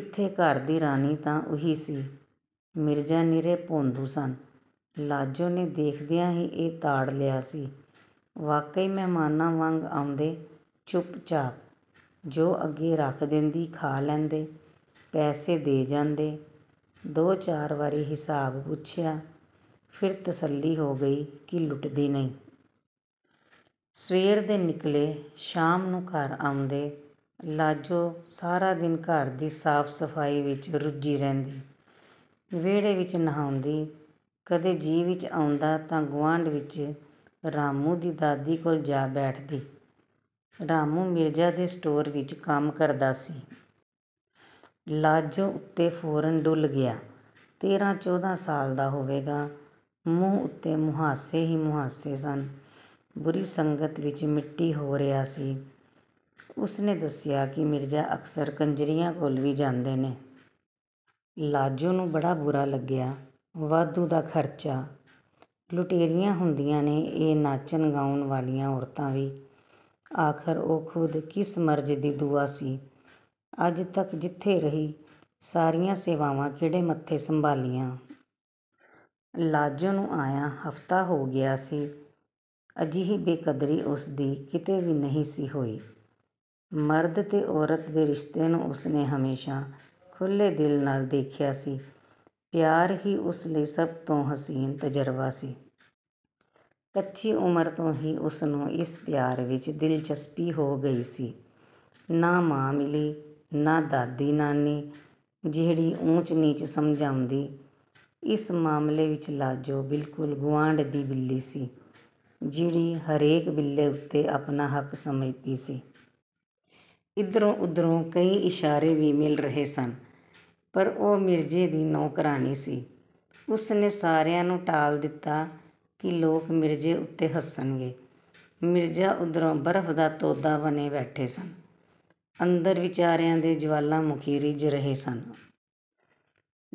ਇੱਥੇ ਘਰ ਦੀ ਰਾਣੀ ਤਾਂ ਉਹੀ ਸੀ। ਮਿਰਜਾ ਨਿਰੇ ਭੌਂਦੂ ਸਨ—ਲਾਜੋ ਨੇ ਦੇਖਦਿਆਂ ਹੀ ਇਹ ਤਾੜ ਲਿਆ ਸੀ। ਵਾਕਈ ਮਹਿਮਾਨਾਂ ਵਾਂਗ ਆਉਂਦੇ—ਚੁੱਪਚਾਪ। ਜੋ ਅੱਗੇ ਰੱਖ ਦੇਂਦੀ, ਖਾ ਲੈਂਦੇ। ਪੈਸੇ ਦੇ ਜਾਂਦੇ। ਦੋ-ਚਾਰ ਵਾਰੀ ਹਿਸਾਬ ਪੁੱਛਿਆ, ਫਿਰ ਤਸੱਲੀ ਹੋ ਗਈ ਕਿ ਲੁੱਟਦੀ ਨਹੀਂ। ਸਵੇਰ ਦੇ ਨਿਕਲੇ, ਸ਼ਾਮ ਨੂੰ ਘਰ ਆਉਂਦੇ। ਲਾਜੋ ਸਾਰਾ ਦਿਨ ਘਰ ਦੀ ਸਾਫ਼-ਸਫ਼ਾਈ ਵਿੱਚ ਰੁੱਝੀ ਰਹਿੰਦੀ। ਵਿਹੜੇ ਵਿੱਚ ਨਹਾਉਂਦੀ। ਕਦੇ ਜੀਅ ਵਿੱਚ ਆਉਂਦਾ ਤਾਂ ਗੁਆਂਢ ਵਿੱਚ ਰਾਮੂ ਦੀ ਦਾਦੀ ਕੋਲ ਜਾ ਬੈਠਦੀ। ਰਾਮੂ ਮਿਰਜਾ ਦੇ ਸਟੋਰ ਵਿੱਚ ਕੰਮ ਕਰਦਾ ਸੀ। ਲਾਜੋ ਉੱਤੇ ਫੌਰਨ ਡੁੱਲ੍ਹ ਗਿਆ। ਤੇਰਾਂ-ਚੌਦਾਂ ਸਾਲ ਦਾ ਹੋਵੇਗਾ। ਮੂੰਹ ਉੱਤੇ ਮੁਹਾਸੇ ਹੀ ਮੁਹਾਸੇ ਸਨ। ਬੁਰੀ ਸੰਗਤ ਵਿੱਚ ਮਿੱਟੀ ਹੋ ਰਿਹਾ ਸੀ। ਉਸੇ ਨੇ ਦੱਸਿਆ ਕਿ ਮਿਰਜਾ ਅਕਸਰ ਕੰਜਰੀਆਂ ਕੋਲ ਵੀ ਜਾਂਦੇ ਨੇ। ਲਾਜੋ ਨੂੰ ਬੜਾ ਬੁਰਾ ਲੱਗਿਆ। ਵਾਧੂ ਦਾ ਖਰਚਾ। ਲੁਟੇਰੀਆਂ ਹੁੰਦੀਆਂ ਨੇ ਇਹ ਨਾਚਣ-ਗਾਉਣ ਵਾਲੀਆਂ ਔਰਤਾਂ ਵੀ। ਆਖ਼ਰ ਉਹ ਖੁਦ ਕਿਸ ਮਰਜ਼ ਦੀ ਦੁਆ ਸੀ? ਅੱਜ ਤੱਕ ਜਿੱਥੇ ਰਹੀ, ਸਾਰੀਆਂ ਸੇਵਾਵਾਂ ਖਿੜੇ ਮੱਥੇ ਸੰਭਾਲੀਆਂ। ਲਾਜੋ ਨੂੰ ਆਇਆਂ ਹਫ਼ਤਾ ਹੋ ਗਿਆ ਸੀ। ਅਜਿਹੀ ਬੇਕਦਰੀ ਉਸਦੀ ਕਿਤੇ ਵੀ ਨਹੀਂ ਸੀ ਹੋਈ। ਮਰਦ ਤੇ ਔਰਤ ਦੇ ਰਿਸ਼ਤੇ ਨੂੰ ਉਸਨੇ ਹਮੇਸ਼ਾ ਖੁੱਲ੍ਹੇ ਦਿਲ ਨਾਲ ਦੇਖਿਆ ਸੀ। ਪਿਆਰ ਹੀ ਉਸ ਲਈ ਸਭ ਤੋਂ ਹੁਸੀਨ ਤਜ਼ਰਬਾ ਸੀ। ਕੱਚੀ ਉਮਰ ਤੋਂ ਹੀ ਉਸਨੂੰ ਇਸ ਪਿਆਰ ਵਿੱਚ ਦਿਲਚਸਪੀ ਹੋ ਗਈ ਸੀ। ਨਾ ਮਾਂ ਮਿਲੀ, ਨਾ ਦਾਦੀ-ਨਾਨੀ, ਜਿਹੜੀ ਊਚ-ਨੀਚ ਸਮਝਾਉਂਦੀ। ਇਸ ਮਾਮਲੇ ਵਿੱਚ ਲਾਜੋ ਬਿਲਕੁਲ ਗੁਆਂਢ ਦੀ ਬਿੱਲੀ ਸੀ, ਜਿਹੜੀ ਹਰੇਕ ਬਿੱਲੇ ਉੱਤੇ ਆਪਣਾ ਹੱਕ ਸਮਝਦੀ ਸੀ। ਇੱਧਰੋਂ-ਉੱਧਰੋਂ ਕਈ ਇਸ਼ਾਰੇ ਵੀ ਮਿਲ ਰਹੇ ਸਨ, ਪਰ ਉਹ ਮਿਰਜੇ ਦੀ ਨੌਕਰਾਣੀ ਸੀ। ਉਸਨੇ ਸਾਰਿਆਂ ਨੂੰ ਟਾਲ ਦਿੱਤਾ ਕਿ ਲੋਕ ਮਿਰਜੇ ਉੱਤੇ ਹੱਸਣਗੇ। ਮਿਰਜਾ ਉੱਪਰੋਂ ਬਰਫ਼ ਦਾ ਤੋਦਾ ਬਣੇ ਬੈਠੇ ਸਨ, ਅੰਦਰ ਵਿਚਾਰਿਆਂ ਦੇ ਜਵਾਲਾਮੁਖੀ ਰਿੱਝ ਰਹੇ ਸਨ।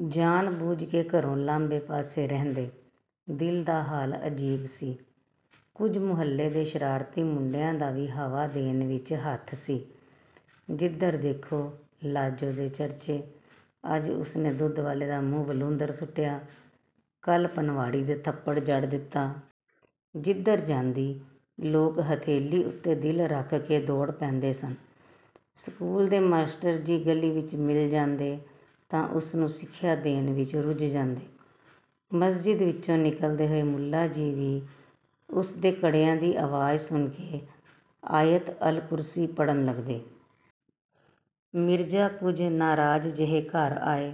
ਜਾਣ-ਬੁੱਝ ਕੇ ਘਰੋਂ ਲਾਂਭੇ-ਪਾਸੇ ਰਹਿੰਦੇ। ਦਿਲ ਦਾ ਹਾਲ ਅਜੀਬ ਸੀ। ਕੁਝ ਮੁਹੱਲੇ ਦੇ ਸ਼ਰਾਰਤੀ ਮੁੰਡਿਆਂ ਦਾ ਵੀ ਹਵਾ ਦੇਣ ਵਿੱਚ ਹੱਥ ਸੀ। ਜਿੱਧਰ ਦੇਖੋ, ਲਾਜੋ ਦੇ ਚਰਚੇ। ਅੱਜ ਉਸਨੇ ਦੁੱਧ ਵਾਲੇ ਦਾ ਮੂੰਹ ਵਲੂੰਧਰ ਸੁੱਟਿਆ, ਕੱਲ੍ਹ ਪਨਵਾੜੀ ਦੇ ਥੱਪੜ ਜੜ ਦਿੱਤਾ। ਜਿੱਧਰ ਜਾਂਦੀ, ਲੋਕ ਹਥੇਲੀ ਉੱਤੇ ਦਿਲ ਰੱਖ ਕੇ ਦੌੜ ਪੈਂਦੇ ਸਨ। ਸਕੂਲ ਦੇ ਮਾਸਟਰ ਜੀ ਗਲੀ ਵਿੱਚ ਮਿਲ ਜਾਂਦੇ ਤਾਂ ਉਸਨੂੰ ਸਿੱਖਿਆ ਦੇਣ ਵਿੱਚ ਰੁੱਝ ਜਾਂਦੇ। ਮਸਜਿਦ ਵਿੱਚੋਂ ਨਿਕਲਦੇ ਹੋਏ ਮੁੱਲਾ ਜੀ ਵੀ ਉਸਦੇ ਕੜਿਆਂ ਦੀ ਆਵਾਜ਼ ਸੁਣ ਕੇ ਆਇਤ-ਅਲ-ਕੁਰਸੀ ਪੜ੍ਹਨ ਲੱਗਦੇ। ਮਿਰਜਾ ਕੁਝ ਨਾਰਾਜ਼, ਜਿਹੇ ਘਰ ਆਏ।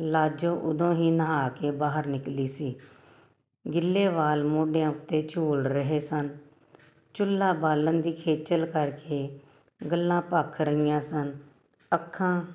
ਲਾਜੋ ਉਦੋਂ ਹੀ ਨਹਾ ਕੇ ਬਾਹਰ ਨਿਕਲੀ ਸੀ। ਗਿੱਲੇ ਵਾਲ ਮੋਢਿਆਂ ਉੱਤੇ ਝੂਲ ਰਹੇ ਸਨ। ਚੁੱਲ੍ਹਾ ਬਾਲਣ ਦੀ ਖੇਚਲ ਕਰਕੇ ਗੱਲ੍ਹਾਂ ਭਖ ਰਹੀਆਂ ਸਨ, ਅੱਖਾਂ...